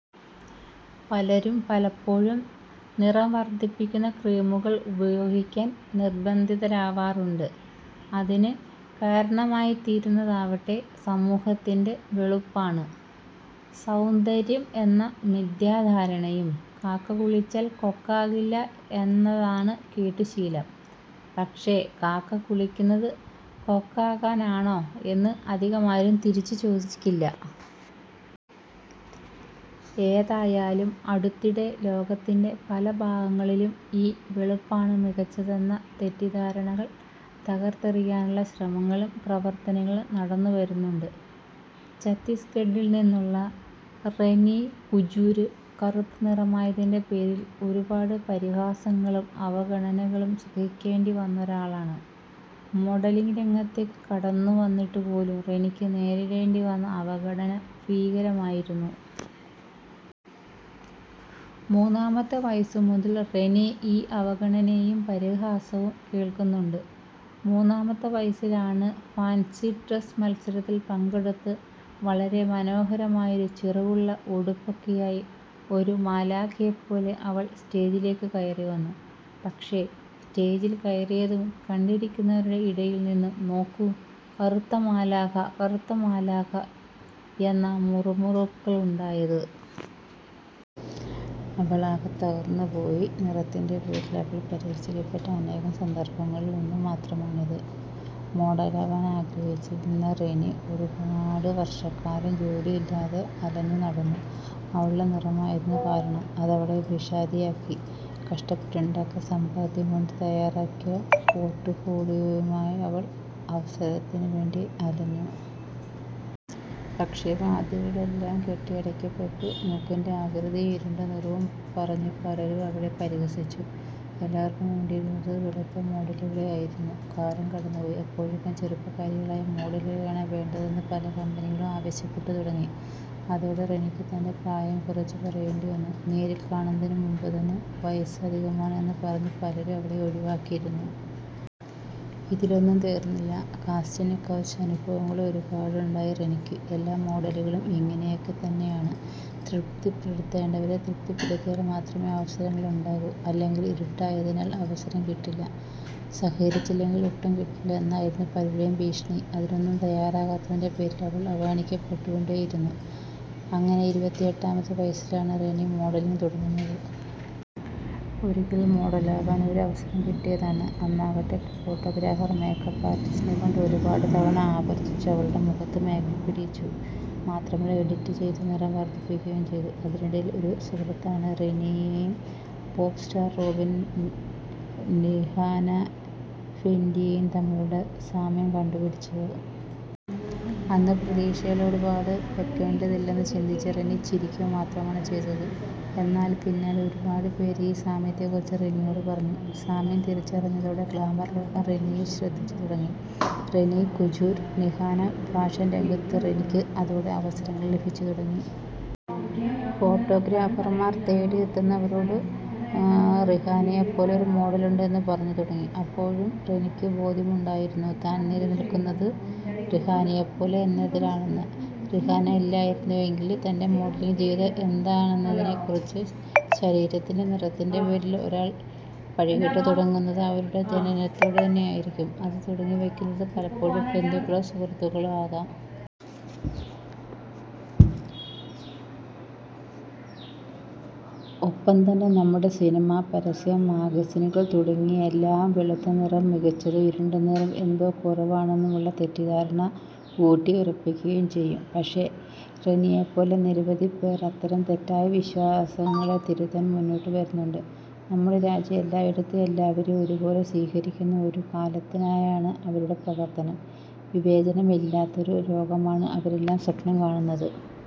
പലരും പലപ്പോഴും നിറം വർധിപ്പിക്കുന്ന ക്രീമുകൾ ഉപയോഗിക്കാൻ നിർബന്ധിതരാവാറുണ്ട്. അതിന് കാരണമായിത്തീരുന്നതാകട്ടെ സമൂഹത്തിന്റെ ' വെളുപ്പാണ് സൗന്ദര്യം ' എന്ന മിഥ്യാധാരണയും. ' കാക്ക കുളിച്ചാൽ കൊക്കാകില്ല ' എന്നതാണ് കേട്ടു ശീലം. പക്ഷെ, ' കാക്ക കുളിക്കുന്നത് കൊക്കാകാനാണോ? ' എന്ന് അധികമാരും തിരിച്ച് ചോദിക്കില്ല. ഏതായാലും അടുത്തിടെ ലോകത്തിന്റെ പല ഭാഗങ്ങളിലും ഈ വെളുപ്പാണ് മികച്ചതെന്ന തെറ്റിദ്ധാരണകൾ തകർത്തെറിയാനുള്ള ശ്രമങ്ങളും പ്രവർത്തനങ്ങളും നടന്നു വരുന്നുണ്ട്. ഛത്തീസ്ഗഢിൽ നിന്നുള്ള റെനീ കുജൂര് കറുത്ത നിറമായതിന്റെ പേരിൽ ഒരുപാട് പരിഹാസങ്ങളും അവഗണനകളും സഹിക്കേണ്ടി വന്നൊരാളാണ്. മോഡലിംഗ് രംഗത്തേക്ക് കടന്നു വന്നിട്ടുപോലും റെനിക്ക് നേരിടേണ്ടി വന്ന അവഗണന ഭീകരമായിരുന്നു. മൂന്നാമത്തെ വയസ്സ് മുതൽ റെനി ഈ അവഗണനയും പരിഹാസവും കേൾക്കുന്നുണ്ട്. മൂന്നാമത്തെ വയസ്സിലാണ്, ഫാൻസി ഡ്രസ് മത്സരത്തിൽ പങ്കെടുത്ത് വളരെ മനോഹരമായൊരു ചിറകുള്ള ഉടുപ്പൊക്കെയായി ഒരു മാലാഖയെപ്പോലെ അവൾ സ്റ്റേജിലേക്ക് കയറിവന്നു പക്ഷെ, സ്റ്റേജിൽ കയറിയതും കണ്ടിരിക്കുന്നവരുടെ ഇടയിൽ നിന്നും ' നോക്കൂ, കറുത്ത മാലാഖ, കറുത്ത മാലാഖ ' എന്ന മുറുമുറുപ്പുകളുണ്ടായത്. അവളാകെ തകർന്നു പോയി. നിറത്തിന്റെ പേരിൽ അവൾ പരിഹസിക്കപ്പെട്ട അനേകം സന്ദർഭങ്ങളിൽ ഒന്നു മാത്രമാണിത്. മോഡലാവാൻ ആഗ്രഹിച്ചിരുന്ന റെനി ഒരുപാട് വർഷക്കാലം ജോലിയില്ലാതെ അലഞ്ഞു നടന്നു. അവളുടെ നിറമായിരുന്നു കാരണം. അതവളെ വിഷാദിയാക്കി. കഷ്ടപ്പെട്ടുണ്ടാക്കിയ സമ്പാദ്യം കൊണ്ട് തയ്യാറാക്കിയ പോർട്ട് ഫോളിയോയുമായ് അവൾ അവസരത്തിന് വേണ്ടി അലഞ്ഞു. പക്ഷെ, വാതിലുകളെല്ലാം കൊട്ടിയടക്കപ്പെട്ടു. മൂക്കിന്റെ ആകൃതിയും ഇരുണ്ട നിറവും പറഞ്ഞ് പലരും അവളെ പരിഹസിച്ചു. എല്ലാവർക്കും വേണ്ടിയിരുന്നത് വെളുത്ത മോഡലുകളെയായിരുന്നു. കാലം കടന്നുപോയി. അപ്പോഴേക്കും ചെറുപ്പക്കാരികളായ മോഡലുകളെ വേണ്ടതെന്ന് പല കമ്പനികളും ആവശ്യപ്പെട്ടു തുടങ്ങി. അതോടെ റെനിക്ക് തന്റെ പ്രായം കുറച്ച് പറയേണ്ടി വന്നു. നേരിൽ കാണുന്നതിന് മുമ്പ് തന്നെ വയസ്സ് അധികമാണ് എന്ന് പറഞ്ഞ് പലരും അവളെ ഒഴിവാക്കിയിരുന്നു. ഇതിലൊന്നും തീർന്നില്ല, കാസ്റ്റിങ് കൗച്ച് അനുഭവങ്ങളും ഒരുപാടുണ്ടായി റെനിക്ക്. ' എല്ലാ മോഡലുകളും ഇങ്ങനെയൊക്കെത്തന്നെയാണ്. തൃപ്തിപ്പെടുത്തേണ്ടവരെ തൃപ്തിപ്പെടുത്തിയാൽ മാത്രമേ അവസരങ്ങളുണ്ടാകൂ. അല്ലെങ്കിലേ ഇരുണ്ടിട്ടായതിനാൽ അവസരം കിട്ടില്ല. സഹകരിച്ചില്ലെങ്കിൽ ഒട്ടും കിട്ടില്ല ' എന്നായിരുന്നു പലരുടേയും ഭീഷണി. അതിനൊന്നും തയ്യാറാകാത്തതിന്റെ പേരിൽ അവൾ അവഗണിക്കപ്പെട്ടുകൊണ്ടേയിരുന്നു. അങ്ങനെ ഇരുപത്തിയെട്ടാമത്തെ വയസ്സിലാണ് റെനി മോഡലിംഗ് തുടങ്ങുന്നത്. ഒരിക്കൽ മോഡലാകാൻ ഒരു അവസരം കിട്ടിയതാണ്. അന്നാകട്ടെ ഫോട്ടോഗ്രാഫർ മേക്കപ്പ് ആർട്ടിസ്റ്റിനെ കൊണ്ട് ഒരുപാട് തവണ ആവർത്തിച്ചു അവളുടെ മുഖത്ത് മേക്കപ്പിടീച്ചു. മാത്രമല്ല, എഡിറ്റ് ചെയ്ത് നിറം വർധിപ്പിക്കുകയും ചെയ്തു. അതിനിടയിൽ ഒരു സുഹൃത്താണ് റിനിയും പോപ് സ്റ്റാർ റോബിൻ നിഹാന ഫെന്റിയും തമ്മിലുള്ള സാമ്യം കണ്ടു പിടിച്ചത്. അന്ന് പ്രതീക്ഷകളൊരുപാട് വെക്കേണ്ടതില്ലെന്ന് ചിന്തിച്ച റെനി ചിരിക്കുക മാത്രമാണ് ചെയ്തത്. എന്നാല്, പിന്നാലെ ഒരുപാട് പേര് ഈ സാമ്യത്തെ കുറിച്ച് റെനിയോട് പറഞ്ഞു. സാമ്യം തിരിച്ചറിഞ്ഞതോടെ ഗ്ലാമർ ലോകം റെനിയെ ശ്രദ്ധിച്ചു തുടങ്ങി. റെനീ കുജൂര്, നിഹാന ഫാഷൻ രംഗത്ത് റെനിക്ക് അതോടെ അവസരങ്ങൾ ലഭിച്ചു തുടങ്ങി. ഫോട്ടോഗ്രാഫർമാർ തേടിയെത്തുന്നവരോട് റിഹാനയെപ്പോലെ ഒരു മോഡലുണ്ട് എന്ന് പറഞ്ഞു തുടങ്ങി. അപ്പോഴും റെനിക്ക് ബോധ്യമുണ്ടായിരുന്നു താൻ നിലനിൽക്കുന്നത് റിഹാനയെപ്പോലെ എന്നതിലാണെന്ന്. റിഹാനയില്ലായിരുന്നുവെങ്കില് തന്റെ മോഡലിംഗ് ജീവിതം എന്താണെന്നതിനെ കുറിച്ച്. ശരീരത്തിന്റെ, നിറത്തിന്റെ പേരിൽ ഒരാൾ പഴികേട്ട് തുടങ്ങുന്നത് അവരുടെ ജനനത്തോടെ തന്നെയായിരിക്കാം. അത് തുടങ്ങിവെക്കുന്നത് പലപ്പോഴും ബന്ധുക്കളോ, സുഹൃത്തുക്കളോ ആകാം. ഒപ്പം തന്നെ നമ്മുടെ സിനിമ, പരസ്യം, മാഗസിനുകൾ തുടങ്ങി എല്ലാം വെളുത്ത നിറം മികച്ചതും ഇരുണ്ട നിറം എന്തോ കുറവുമാണെന്നുള്ള തെറ്റിദ്ധാരണ ഊട്ടിയുറപ്പിക്കുകയും ചെയ്യും. പക്ഷെ, റെനിയെപ്പോലെ നിരവധിപ്പേർ അത്തരം തെറ്റായ വിശ്വാസങ്ങളെ തിരുത്താൻ മുന്നോട്ട് വരുന്നുണ്ട്. നമ്മുടെ രാജ്യം എല്ലായിടത്തും എല്ലാവരും ഒരുപോലെ സ്വീകരിക്കുന്ന ഒരു കാലത്തിനായാണ് അവരുടെ പ്രവർത്തനം. വിവേചനമില്ലാത്ത ഒരു ലോകമാണ് അവരെല്ലാം സ്വപ്നം കാണുന്നത്.